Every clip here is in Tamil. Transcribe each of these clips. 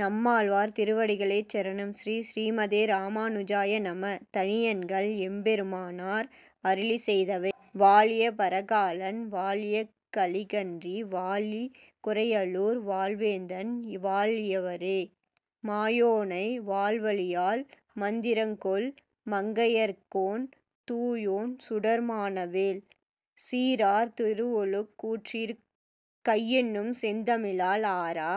நம்மாழ்வார் திருவடிகளே சரணம் ஸ்ரீ: ஸ்ரீமதே ராமானுஜாய நம: தனியன்கள் எம்பெருமானார் அருளிச்செய்தவை வாழிபரகாலன் வாழிகலிகன்றி, வாழி குறையலூர் வாழ்வேந்தன், வாழியரோ மாயோனை வாள்வலியால் மந்திரங்கொள் மங்கையர்கோன் தூயோன் சுடர்மான வேல். சீரார் திருவெழு கூற்றிருக் கையென்னும் செந்தமிழால், ஆரா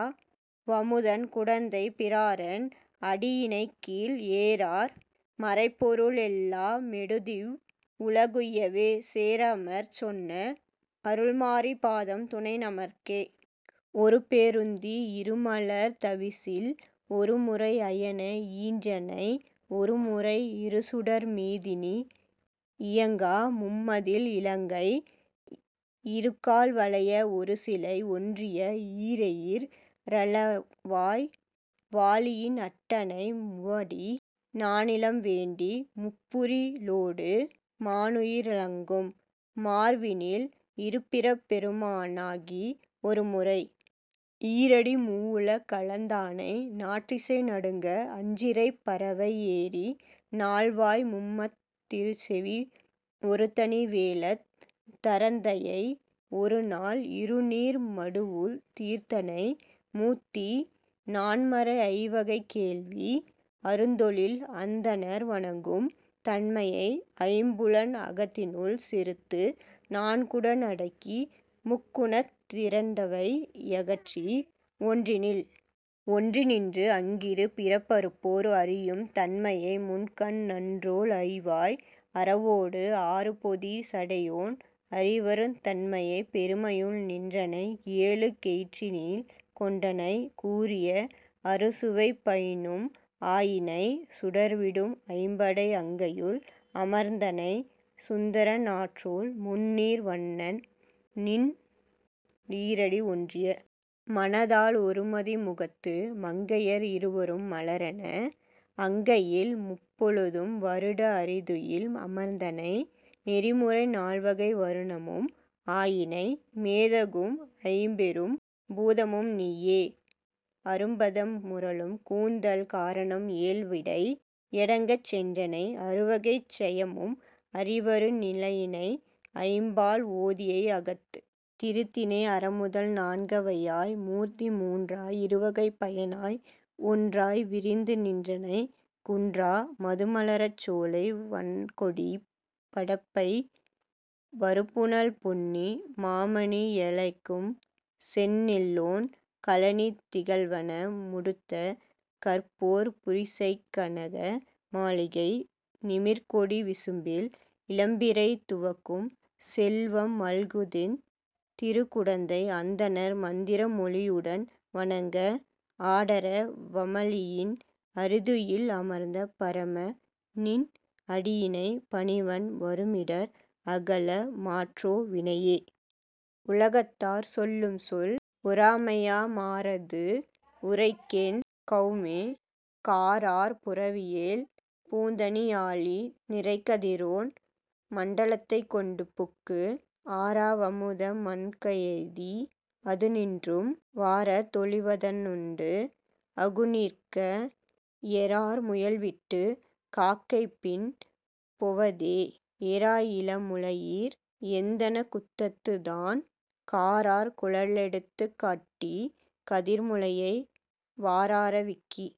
வமுதன் குடந்தைப் பிரான்றன் அடியிணைக்கீழ், ஏரார் மறைப்பொரு ளெல்லா மெடுத்திவ் வுலகுய்யவே சேராமற் சொன்ன அருள்மாரி பாதம் துணைநமக்கே. ஒருபே ருந்தி யிருமலர்த் தவிசில், ஒருமுறை அயனை யீன்றனை, ஒருமுறை இருசுடர் மீதினி லியங்கா, மும்மதிள் இலங்கை யிருகால் வளைய, ஒருசிலை ஒன்றிய ஈரெயிற் றழல்வாய் வாளியில் அட்டனை, மூவடி நானிலம் வேண்டி, முப்புரி _லொடு மானுரி யிலங்கும். மார்வினில், இருபிறப் பொருமா ணாகி, ஒருமுறை யீரடி, மூவுல களந்தானை, நாற்றிசை நடுங்க அஞ்சிறைப் பறவை ஏறி, நால்வாய் மும்மதத் திருசெவி ஒருதனி வேழத் தரந்தையை, ஒருநாள் இருநீர் மடுவுள் தீர்த்தனை, முத்தீ நான்மறை ஐவகை வேள்வி, அறுதொழில் அந்தணர் வணங்கும் தன்மையை, ஐம்புலன் அகத்தினுள் செறுத்து, நான்குடன் அடக்கி முக்குணத் திரண்டவை யகற்றி, ஒன்றினில் ஒன்றி நின்று, ஆங் கிருபிறப் பறுப்போர் அறியும் தன்மையை, முக்கண் நாற்றோள் ஐவாய் அரவோடு ஆறுபொதி சடையோன் அறிவருந் தன்மைப் பெருமையுள் நின்றனை, ஏழுல கெயிற்றினில் கொண்டனை, கூறிய அறுசுவைப் பயனும் ஆயினை, சுடர்விடும் ஐம்படை அங்கையுள் அமர்ந்தனை, சுந்தர நாற்றோள் முந்நீர் வண்ண, நின் ஈரடி ஒன்றிய மனத்தால், ஒருமதி முகத்து மங்கையர் இருவரும் மலரன, அங்கையில் முப்பொழுதும் வருட அறிதுயில் அமர்ந்தனை, நெறிமுறை நால்வகை வருணமும் ஆயினை, மேதகும் ஐம்பெரும் பூதமும் நீயே, அறுபதம் முரலும் கூந்தல் காரணம் ஏழ்விடை யடங்கச் செற்றனை, அறுவகைச் சமயமும் அறிவரு நிலையினை, ஐம்பால் ஓதியை ஆகத் திருத்தினை, அறமுதல் நான்க வையாய் மூர்த்தி மூன்றாய் இருவகைப் பயனாய் ஒன்றாய் விரிந்து நின்றனை, குன்றா மதுமலர்ச் சோலை வண்கொடிப் படப்பை, வருபுனல் பொன்னி மாமணி யலைக்கும், செந்நெலொண் கழனித் திகழ்வன முடுத்த, கற்போர் புரிசைக் கனக மாளிகை, நிமிர்கொடி விசும்பில் இளம்பிறை துவக்கும், செல்வம் மல்குதென் திருக்குடந்தை, அந்தணர் மந்திர மொழியுடன் வணங்க, ஆடர வமளியில் அறிதுயில் அமர்ந்த பரம, நின் அடியிணை பணிவன் வருமிடர் அகல மாற்றோ வினையே. உலகதார் சொல்லும்சொல் ஒராமையாமாரதுவுரைக்கெங்கௌமெ காரார்ப்புரவியெழ் பூந்ததனியாழி தெரார் நிரைகதிரொன் மண்டலதைக்கெண்டு புக்கு ஆராவமுதமண்கய்தி -- அதுனின்றும் வாரதொழிவதன்னுண்டு -- அகுனிர்க்க யெரார்முயல்விட்டு காக்கைப்பின் பொவதெ? எராயிளமுலயீர் எந்தனக்குத்ததுதான் காரார்க்குழலெடுதுக்கட்டி -- கதிர்முலயை வாராரவீக்கி